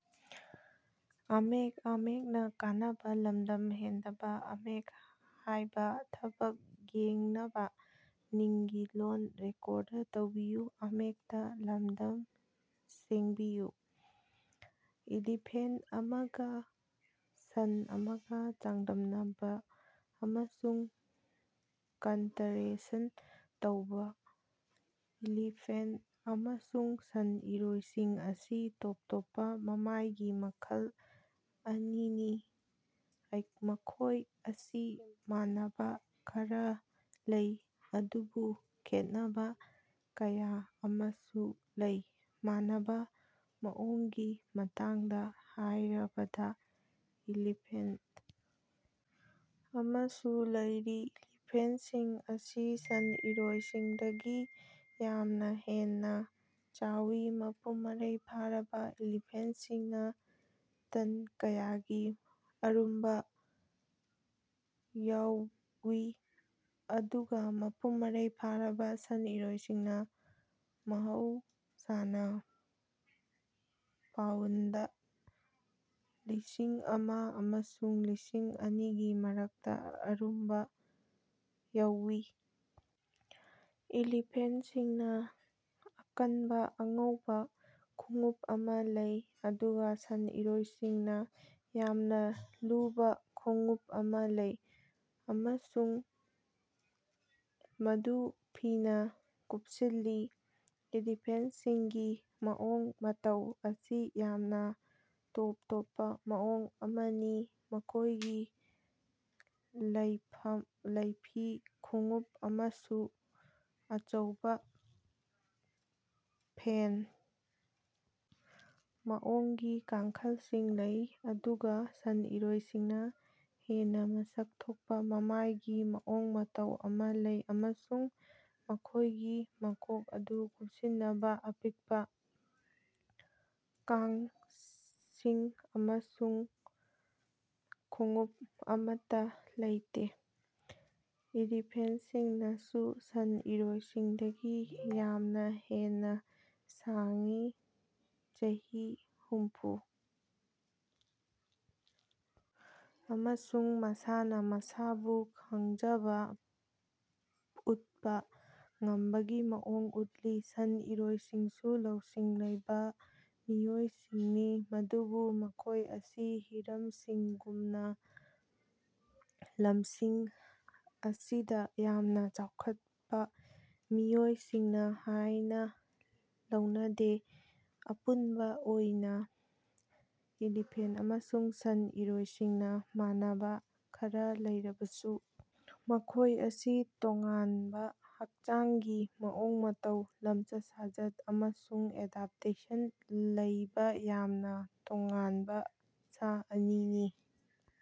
Elephant ꯑꯃꯒꯥ ꯁꯟ ꯑꯃꯒꯥ ꯆꯥꯡꯗꯝꯅꯕꯥ ꯑꯃꯁꯨꯡ ꯀꯟꯇꯔꯦꯁ꯭ꯠ ꯇꯧꯕꯥ꯫ ꯏꯂꯤꯐꯦꯟꯠ ꯑꯃꯁꯨꯡ ꯁꯟ ꯏꯔꯣꯏꯁꯤꯡ ꯑꯁꯤ ꯇꯣꯞ ꯇꯣꯞꯄꯥ ꯃꯃꯥꯏꯒꯤ ꯃꯈꯜ ꯑꯅꯤꯅꯤ ꯃꯈꯣꯏ ꯑꯁꯤ ꯃꯥꯟꯅꯕꯥ ꯈꯔꯥ ꯂꯩ ꯑꯗꯨꯕꯨ ꯈꯦꯠꯅꯕꯥ ꯀꯌꯥ ꯑꯃꯁꯨ ꯂꯩ꯫ ꯃꯥꯟꯅꯕꯥ ꯃꯑꯣꯡꯒꯤ ꯃꯇꯥꯡꯗꯥ ꯍꯥꯏꯔꯕꯗꯥ ꯏꯂꯤꯐꯦꯟꯠ ꯑꯃꯁꯨ ꯂꯩꯔꯤ꯫ ꯏꯂꯤꯐꯦꯟꯠꯁꯤꯡ ꯑꯁꯤ ꯁꯟ ꯏꯔꯣꯏꯁꯤꯡꯗꯒꯤ ꯌꯥꯝꯅꯥ ꯍꯦꯟꯅꯥ ꯆꯥꯎꯏ ꯃꯄꯨꯡ ꯃꯔꯩ ꯐꯥꯔꯕꯥ ꯏꯂꯤꯐꯦꯟꯠꯁꯤꯡꯅꯥ ꯇꯟ ꯀꯌꯥꯒꯤ ꯑꯔꯨꯝꯕꯥ ꯌꯧꯏ ꯑꯗꯨꯒꯥ ꯃꯄꯨꯡ ꯃꯔꯩ ꯐꯥꯔꯕꯥ ꯁꯟ ꯏꯔꯣꯏꯁꯤꯡꯅꯥ ꯃꯍꯧꯁꯥꯅꯥ ꯄꯥꯎꯟꯗ ꯂꯤꯁꯤꯡ ꯑꯃ ꯑꯃꯁꯨꯡ ꯂꯤꯁꯤꯡ ꯑꯅꯤꯒꯤ ꯃꯔꯛꯇꯥ ꯑꯔꯨꯝꯕꯥ ꯌꯧꯏ꯫ ꯏꯂꯤꯐꯦꯟꯠꯁꯤꯡꯅꯥ ꯑꯀꯟꯕꯥ ꯑꯉꯧꯕꯥ ꯈꯣꯡꯎꯞ ꯑꯃꯥ ꯂꯩ ꯑꯗꯨꯒꯥ ꯁꯟ ꯏꯔꯣꯏꯁꯤꯡꯅꯥ ꯌꯥꯝꯅꯥ ꯂꯨꯕꯥ ꯈꯣꯡꯎꯞ ꯑꯃꯥ ꯂꯩ ꯑꯃꯁꯨꯡ ꯃꯗꯨ ꯐꯤꯅꯥ ꯀꯨꯄꯁꯤꯜꯂꯤ꯫ ꯏꯂꯤꯐꯦꯟꯠꯁꯤꯡꯒꯤ ꯃꯑꯣꯡ ꯃꯇꯧ ꯑꯁꯤ ꯌꯥꯝꯅꯥ ꯇꯣꯞ ꯇꯣꯞꯄꯥ ꯃꯑꯣꯡ ꯑꯃꯅꯤ ꯃꯈꯣꯏꯒꯤ ꯂꯪꯐꯩ ꯈꯣꯡꯎꯞ ꯑꯃꯁꯨꯡ ꯑꯆꯧꯕꯥ ꯐꯦꯟ ꯃꯑꯣꯡꯒꯤ ꯀꯥꯡꯈꯜꯁꯤꯡ ꯂꯩ ꯑꯗꯨꯒꯥ ꯁꯟ ꯏꯔꯣꯏꯁꯤꯡꯅꯥ ꯍꯦꯟꯅꯥ ꯃꯁꯛ ꯊꯣꯛꯄꯥ ꯃꯃꯥꯏꯒꯤ ꯃꯑꯣꯡ ꯃꯇꯧ ꯑꯃꯥ ꯂꯩ ꯑꯃꯁꯨꯡ ꯃꯈꯣꯏꯒꯤ ꯃꯀꯣꯛ ꯑꯗꯨ ꯀꯨꯞꯁꯤꯅꯕꯥ ꯑꯄꯤꯛꯄꯥ ꯀꯥꯡꯁꯤꯡ ꯑꯃꯁꯨꯡ ꯈꯣꯡꯎꯞ ꯑꯃꯠꯇꯥ ꯂꯩꯇꯦ꯫ ꯏꯂꯤꯐꯦꯟꯠꯁꯤꯡꯅꯁꯨ ꯁꯟ ꯏꯔꯣꯏꯁꯤꯡꯗꯒꯤ ꯌꯥꯝꯅꯥ ꯍꯦꯟꯅꯥ ꯁꯥꯡꯏ ꯆꯍꯤ ꯍꯨꯝꯐꯨ ꯑꯃꯁꯨꯡ ꯃꯁꯥꯅꯥ ꯃꯁꯥꯕꯨ ꯈꯪꯖꯕꯥ ꯎꯠꯄꯥ ꯉꯝꯕꯒꯤ ꯃꯑꯣꯡ ꯎꯠꯂꯤ꯫ ꯁꯟ ꯏꯔꯣꯏꯁꯤꯡꯁꯨ ꯂꯧꯁꯤꯡ ꯂꯩꯕꯥ ꯃꯤꯑꯣꯏꯁꯤꯡꯅꯤ ꯑꯗꯨꯕꯨ ꯃꯈꯣꯏ ꯑꯁꯤ ꯍꯤꯔꯝꯁꯤꯡꯒꯨꯝꯅꯥ ꯂꯝꯁꯤꯡ ꯑꯁꯤꯗꯥ ꯌꯥꯝꯅꯥ ꯆꯥꯎꯈꯠꯄꯥ ꯃꯤꯑꯣꯏꯁꯤꯡꯅꯤ ꯍꯥꯏꯅꯥ ꯂꯧꯅꯗꯦ꯫ ꯑꯄꯨꯟꯕꯥ ꯑꯣꯏꯅꯥ ꯏꯂꯤꯐꯦꯟꯠ ꯑꯃꯁꯨꯡ ꯁꯟ ꯏꯔꯣꯏꯁꯤꯡꯅꯥ ꯃꯥꯟꯅꯕꯥ ꯈꯔꯥ ꯂꯩꯔꯕꯁꯨ ꯃꯈꯣꯏ ꯑꯁꯤ ꯇꯣꯉꯥꯟꯕꯥ ꯍꯛꯆꯥꯡꯒꯤ ꯃꯑꯣꯡ ꯃꯇꯧ ꯂꯝꯆꯠ ꯁꯥꯖꯠ ꯑꯃꯁꯨꯡ ꯑꯦꯗꯞꯇꯦꯁꯟ ꯂꯩꯕꯥ ꯌꯥꯝꯅꯥ ꯇꯣꯉꯥꯟꯕꯥ ꯁꯥ ꯑꯅꯤꯅꯤ꯫